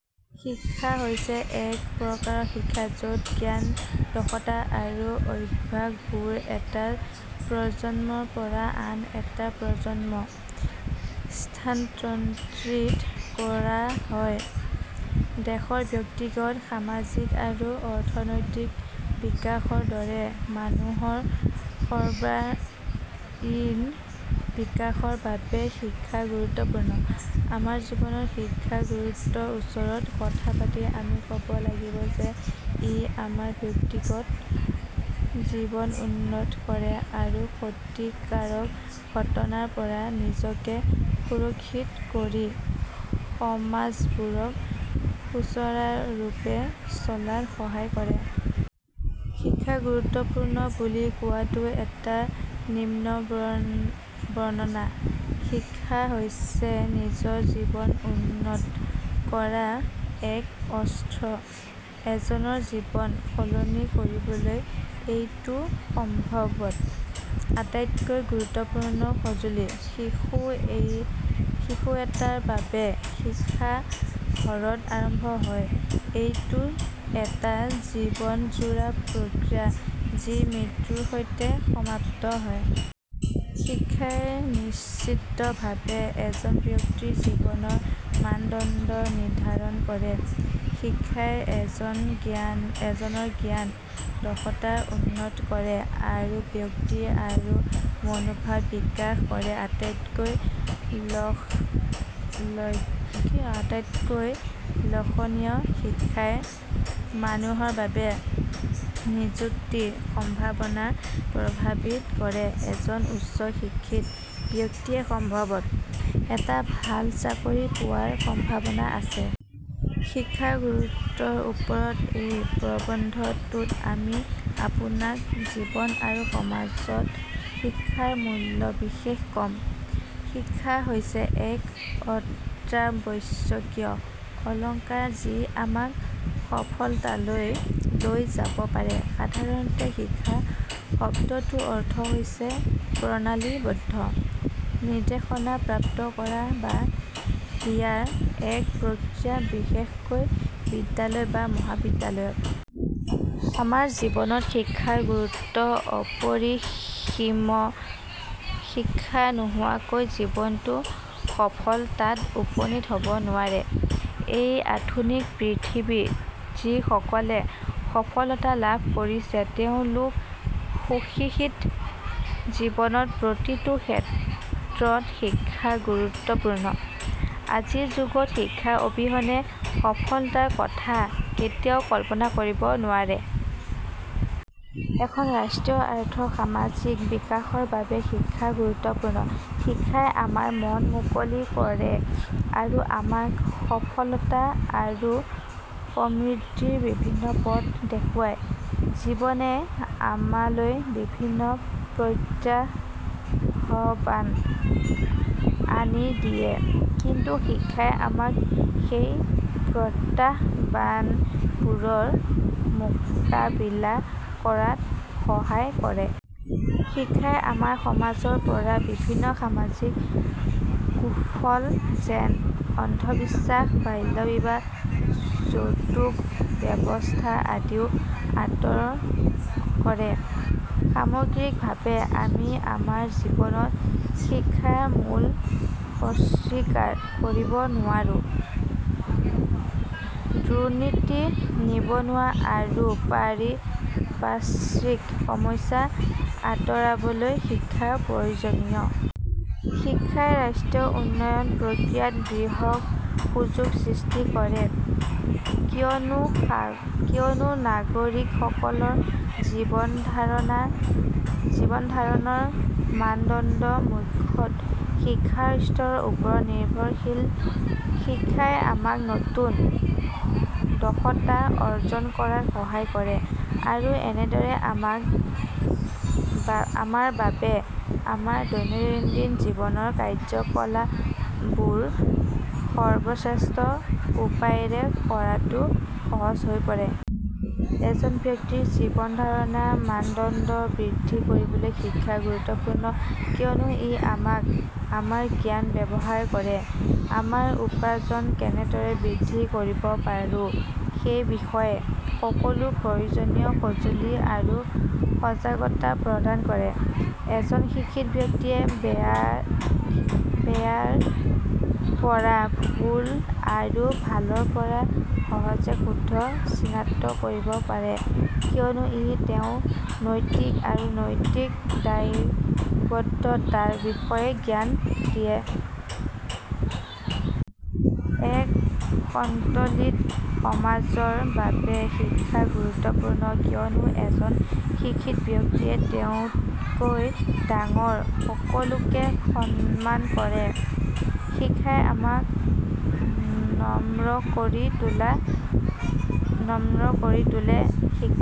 শিক্ষা হৈছে এক প্ৰকাৰৰ শিক্ষা য'ত জ্ঞান, দক্ষতা আৰু অভ্যাসবোৰ এটা প্ৰজন্মৰ পৰা আন এটা প্ৰজন্মলৈ স্থানান্তৰিত কৰা হয়। দেশৰ ব্যক্তিগত, সামাজিক আৰু অৰ্থনৈতিক বিকাশৰ দৰে মানুহৰ সৰ্বাঙ্গীন বিকাশৰ বাবে শিক্ষা গুৰুত্বপূৰ্ণ। আমাৰ জীৱনত শিক্ষাৰ গুৰুত্বৰ ওপৰত কথা পাতি আমি ক'ব লাগিব যে ই আমাৰ ব্যক্তিগত জীৱনউন্নত কৰে আৰু ক্ষতিকাৰক ঘটনাৰ পৰা নিজকে সুৰক্ষিত কৰি সমাজবোৰক সুচাৰুৰূপে চলাত সহায় কৰে। শিক্ষা গুৰুত্ব পূৰ্ণ বুলি কোৱাটো এটা নিম্নবৰ্ণনা। শিক্ষা হৈছে নিজৰ জীৱন উন্নত কৰাৰ এক অস্ত্ৰ। এজনৰ জীৱন সলনি কৰিবলৈ এইটো সম্ভৱতঃ আটাইতকৈ গুৰুত্বপূৰ্ণ সঁজুলি। শিশুএটাৰ বাবে শিক্ষা ঘৰত আৰম্ভ হয়। এইটো এটা জীৱনজোৰা প্ৰক্ৰিয়া যি মৃত্যুৰ সৈতে সমাপ্ত হয়। শিক্ষাই নিশ্চিতভাৱে এজন ব্যক্তিৰ জীৱনৰ মানদণ্ড নিৰ্ধাৰণ কৰে। শিক্ষাই এজনৰ জ্ঞান, দক্ষতা উন্নত কৰে আৰু ব্যক্তিত্ব আৰু মনোভাৱ বিকাশ কৰে। আটাইতকৈ লক্ষণীয়, শিক্ষাই মানুহৰ বাবে নিযুক্তিৰ সম্ভাৱনা প্ৰভাৱিত কৰে। এজন উচ্চ শিক্ষিত ব্যক্তিয়ে সম্ভৱতঃ এটা ভাল চাকৰি পোৱাৰ সম্ভাৱনা আছে। শিক্ষাৰ গুৰুত্বৰ ওপৰত এই প্ৰবন্ধটোত, আমি আপোনাক জীৱন আৰু সমাজত শিক্ষাৰ মূল্যৰ বিষয়ে ক'ম। শিক্ষা হৈছে এক অত্যাৱশ্যকীয় অলংকাৰ যি আমাক সফলতালৈ লৈ যাব পাৰে। সাধাৰণতে, শিক্ষা শব্দটোৰ অৰ্থ হৈছে প্ৰণালীবদ্ধ নিৰ্দেশনা প্ৰাপ্ত কৰা বা দিয়াৰ এক প্ৰক্ৰিয়া, বিশেষকৈ বিদ্যালয় বা মহাবিদ্যালয়ত। আমাৰ জীৱনত শিক্ষাৰ গুৰুত্ব অপৰিসীম। শিক্ষা নোহোৱাকৈ জীৱনটো সফল তাত উপনীত হ'ব নোৱাৰে। এই আধুনিক পৃথিৱীত, যিসকলে সফলতা লাভ কৰিছে তেওঁলোক সুশিক্ষিত। জীৱনৰ প্ৰতিটো ক্ষেত্ৰতশিক্ষা গুৰুত্বপূৰ্ণ। আজিৰ যুগত শিক্ষা অবিহনে সফলতাৰ কথা কেতিয়াও কল্পনা কৰিব নোৱাৰি। এখন ৰাষ্ট্ৰৰ আৰ্থ-সামাজিক বিকাশৰ বাবে শিক্ষা গুৰুত্বপূৰ্ণ। শিক্ষাই আমাৰ মন মুকলি কৰে আৰু আমাক সফলতা আৰু সমৃদ্ধিৰ বিভিন্ন পথ দেখুৱায়। জীৱনে আমালৈ বিভিন্ন প্ৰত্যাহ্বান আনিদিয়ে। কিন্তু শিক্ষাই আমাক সেই প্ৰত্যাহ্বানবোৰৰ মোকাবিলা কৰাত সহায় কৰে। শিক্ষাই আমাৰ সমাজৰ পৰা বিভিন্ন সামাজিক কুফল যেনে অন্ধবিশ্বাস, বাল্য বিবাহ, যৌতুক ব্যৱস্থা আদিও আঁতৰ কৰে। সামগ্ৰিকভাৱে, আমি আমাৰ জীৱনত শিক্ষাৰ মূল্য অস্বীকাৰ কৰিব নোৱাৰো। দুৰ্নীতি, নিবনুৱা আৰু পাৰিপাৰ্শ্বিক সমস্যা আঁতৰাবলৈ, শিক্ষা প্ৰয়োজনীয়। শিক্ষাই ৰাষ্ট্ৰীয় উন্নয়ন প্ৰক্ৰিয়াত বৃহৎ সুযোগ সৃষ্টি কৰে কিয়নো নাগৰিকসকলৰ জীৱনধাৰণৰ মানদণ্ড মুখ্যতঃ শিক্ষাৰ স্তৰৰ ওপৰত নিৰ্ভৰশীল। শিক্ষাই আমাক নতুন দক্ষতা অৰ্জন কৰাত সহায় কৰে আৰু এনেদৰে আমাৰ বাবে আমাৰ দৈনন্দিন জীৱনৰ কাৰ্যকলাপবোৰ সৰ্বশ্ৰেষ্ঠ উপায়েৰে কৰাটো সহজ হৈ পৰে। এজন ব্যক্তিৰ জীৱনধাৰণৰ মানদণ্ড বৃদ্ধি কৰিবলৈ শিক্ষা গুৰুত্বপূৰ্ণ কিয়নো ই আমাক আমাৰ জ্ঞান ব্যৱহাৰ কৰি আমাৰ উপাৰ্জন কেনেদৰে বৃদ্ধি কৰিব পাৰোঁ সেই বিষয়ে সকলো প্ৰয়োজনীয় সঁজুলি আৰু সজাগতা প্ৰদান কৰে। এজন শিক্ষিত ব্যক্তিয়ে বেয়াৰ পৰা ভুল আৰু ভালৰ পৰা সহজে শুদ্ধ চিনাক্ত কৰিব পাৰে কিয়নো ই তেওঁক নৈতিক আৰু নৈতিক দায়বদ্ধতাৰ বিষয়ে জ্ঞান দিয়ে। এক সন্তুলিত সমাজৰ বাবে শিক্ষা গুৰুত্বপূৰ্ণ কিয়নো এজন শিক্ষিত ব্যক্তিয়ে তেওঁতকৈ ডাঙৰ সকলোকে সন্মান কৰে। শিক্ষাই আমাক নম্ৰ কৰি তোলে। শিক্ষাই